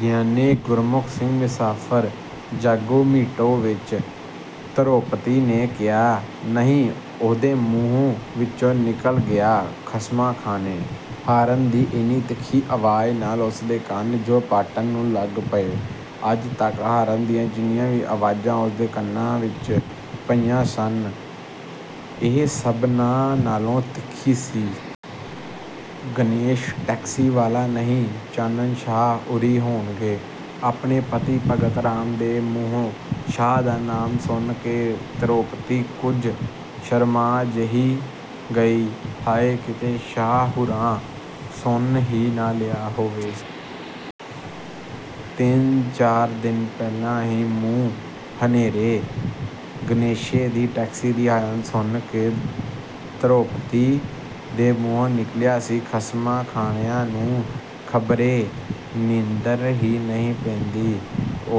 ਗਿਆਨੀ ਗੁਰਮੁਖ ਸਿੰਘ ਮੁਸਾਫ਼ਿਰ ਜਾਗੋ ਮੀਟੋ ਵਿੱਚ ਧਰੋਪਤੀ ਨੇ ਕਿਹਾ, ਨਹੀਂ ਉਹਦੇ ਮੂੰਹ ਵਿਚੋਂ ਨਿਕਲ ਗਿਆ, "ਖਸਮਾਂ ਖਾਣੇ।" ਹਾਰਨ ਦੀ ਇੰਨੀ ਤਿੱਖੀ ਆਵਾਜ਼ ਨਾਲ ਉਸ ਦੇ ਕੰਨ ਜੋ ਪਾਟਣ ਨੂੰ ਲੱਗ ਪਏ। ਅੱਜ ਤੱਕ ਹਾਰਨ ਦੀਆਂ ਜਿੰਨੀਆਂ ਵੀ ਆਵਾਜ਼ਾਂ ਉਦੇ ਕੰਨਾਂ ਵਿੱਚ ਪਈਆਂ ਸਨ, ਇਹ ਸਭਨਾਂ ਨਾਲੋਂ ਤਿੱਖੀ ਸੀ। "ਗਣੇਸ਼ ਟੈਕਸੀ ਵਾਲਾ ਨਹੀਂ, ਚਾਨਣ ਸ਼ਾਹ ਉਰੀ ਹੋਣਗੇ।" ਆਪਣੇ ਪਤੀ ਭਗਤ ਰਾਮ ਦੇ ਮੂੰਹੋਂ ਸ਼ਾਹ ਦਾ ਨਾਮ ਸੁਣ ਕੇ ਧਰੋਪਤੀ ਕੁਝ ਸ਼ਰਮਾ ਜਿਹੀ ਗਈ, "ਹਾਏ ਕਿਤੇ ਸ਼ਾਹ ਹੁਰਾਂ ਸੁਣ ਹੀ ਨਾ ਲਿਆ ਹੋਵੇ।" ਤਿੰਨ-ਚਾਰ ਦਿਨ ਪਹਿਲਾਂ ਹੀ ਮੂੰਹ ਹਨੇਰੇ ਗਣੇਸ਼ੇ ਦੀ ਟੈਕਸੀ ਦੀ ਹਾਰਨ ਸੁਣ ਕੇ ਧਰੋਪਤੀ ਦੇ ਮੂੰਹੋਂ ਨਿਕਲਿਆ ਸੀ, "ਖਸਮਾਂ ਖਾਣਿਆਂ ਨੂੰ ਖ਼ਬਰੇ ਨੀਂਦਰ ਹੀ ਨਹੀਂ ਪੈਂਦੀ।"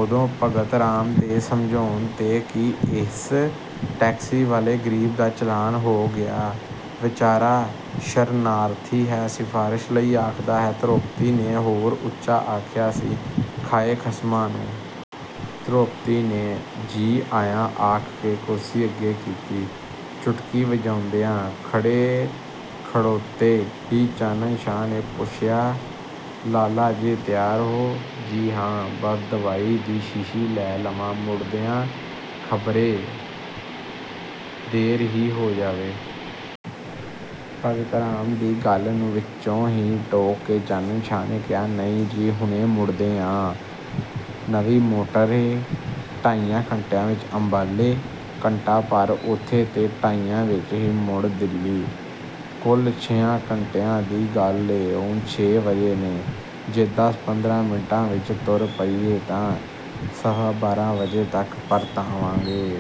ਉਦੋਂ ਭਗਤ ਰਾਮ ਦੇ ਸਮਝਾਉਣ 'ਤੇ ਕਿ "ਇਸ ਟੈਕਸੀ ਵਾਲੇ ਗਰੀਬ ਦਾ ਚਲਾਨ ਹੋ ਗਿਆ, ਵਿਚਾਰਾ ਸ਼ਰਨਾਰਥੀ ਹੈ, ਸਿਫਾਰਸ਼ ਲਈ ਆਖਦਾ ਹੈ", ਧਰੋਪਤੀ ਨੇ ਹੋਰ ਉਚਾ ਆਖਿਆ ਸੀ, "ਖਾਏ ਖਸਮਾਂ ਨੂੰ।" ਧਰੋਪਤੀ ਨੇ 'ਜੀ ਆਇਆਂ' ਆਖ ਕੇ ਕੁਰਸੀ ਅੱਗੇ ਕੀਤੀ। ਚੁਟਕੀ ਵਜਾਉਂਦਿਆਂ ਖੜੇ-ਖੜੋਤੇ ਹੀ ਚਾਨਣ ਸ਼ਾਹ ਨੇ ਪੁੱਛਿਆ, "ਲਾਲਾ ਜੀ ਤਿਆਰ ਹੋ?" ਜੀ ਹਾਂ, ਬਸ ਦਵਾਈ ਦੀ ਸ਼ੀਸ਼ੀ ਲੈ ਲਵਾਂ, ਮੁੜਦਿਆਂ ਖਬਰੇ ਦੇਰ ਹੀ ਹੋ ਜਾਵੇ। ਭਗਤ ਰਾਮ ਦੀ ਗੱਲ ਨੂੰ ਵਿਚੋਂ ਹੀ ਟੋਕ ਕੇ ਚਾਨਣ ਸ਼ਾਹ ਨੇ ਕਿਹਾ, "ਨਹੀਂ ਜੀ, ਹੁਣੇ ਮੁੜਦੇ ਹਾਂ, ਨਵੀਂ ਮੋਟਰ ਏ, ਢਾਈਆਂ ਘੰਟਿਆਂ ਵਿੱਚ ਅੰਬਾਲੇ, ਘੰਟਾ ਭਰ ਉਥੇ ਤੇ ਢਾਈਆਂ ਵਿੱਚ ਹੀ ਮੁੜ ਦਿੱਲੀ, ਕੁਲ ਛਿਆਂ ਘੰਟਿਆਂ ਦੀ ਗੱਲ ਏ, ਹੁਣ ਛੇ ਵਜੇ ਨੇ, ਜੇ ਦਸਾਂ-ਪੰਦਰਾਂ ਮਿੰਟਾਂ ਵਿੱਚ ਤੁਰ ਪਈਏ ਤਾਂ ਸਵਾ ਬਾਰਾਂ ਵਜੇ ਤੱਕ ਪਰਤ ਆਵਾਂਗੇ।"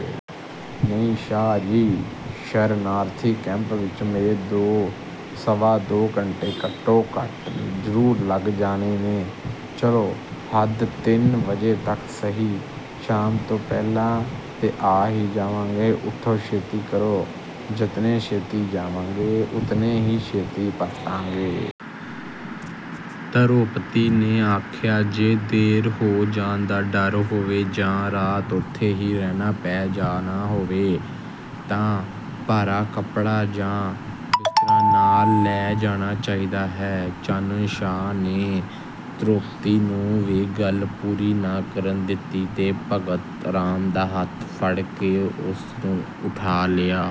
ਨਹੀਂ ਸ਼ਾਹ ਜੀ, ਸ਼ਰਨਾਰਥੀ ਕੈਂਪ ਵਿੱਚ ਮੇਰੇ ਦੋ ਸਵਾ ਦੋ ਘੰਟੇ ਘਟੋ-ਘੱਟ ਜ਼ਰੂਰ ਲੱਗ ਜਾਣੇ ਨੇ। "ਚਲੋ ਹੱਦ ਤਿੰਨ ਵਜੇ ਤੱਕ ਸਹੀ, ਸ਼ਾਮ ਤੋਂ ਪਹਿਲਾਂ 'ਤੇ ਆ ਹੀ ਜਾਵਾਂਗੇ, ਉਠੋ ਛੇਤੀ ਕਰੋ। ਜਿਤਨੇ ਛੇਤੀ ਜਾਵਾਂਗੇ, ਉਤਨੇ ਹੀ ਛੇਤੀ ਪਰਤਾਂਗੇ।" ਧਰੋਪਤੀ ਨੇ ਆਖਿਆ, "ਜੇ ਦੇਰ ਹੋ ਜਾਣ ਦਾ ਡਰ ਹੋਵੇ ਜਾਂ ਰਾਤ ਉਥੇ ਹੀ ਰਹਿਣਾ ਪੈ ਜਾਣਾ ਹੋਵੇ ਤਾਂ ਭਾਰਾ ਕੱਪੜਾ ਜਾਂ ਬਿਸਤਰਾ ਨਾਲ਼ ਲੈ ਜਾਣਾ ਚਾਹੀਦਾ ਹੈ।" ਚਾਨਣ ਸ਼ਾਹ ਨੇ ਧਰੋਪਤੀ ਨੂੰ ਵੀ ਗੱਲ ਪੂਰੀ ਨਾ ਕਰਨ ਦਿੱਤੀ ਤੇ ਭਗਤ ਰਾਮ ਦਾ ਹੱਥ ਫੜ ਕੇ ਉਸ ਨੂੰ ਉੱਠਾ ਲਿਆ।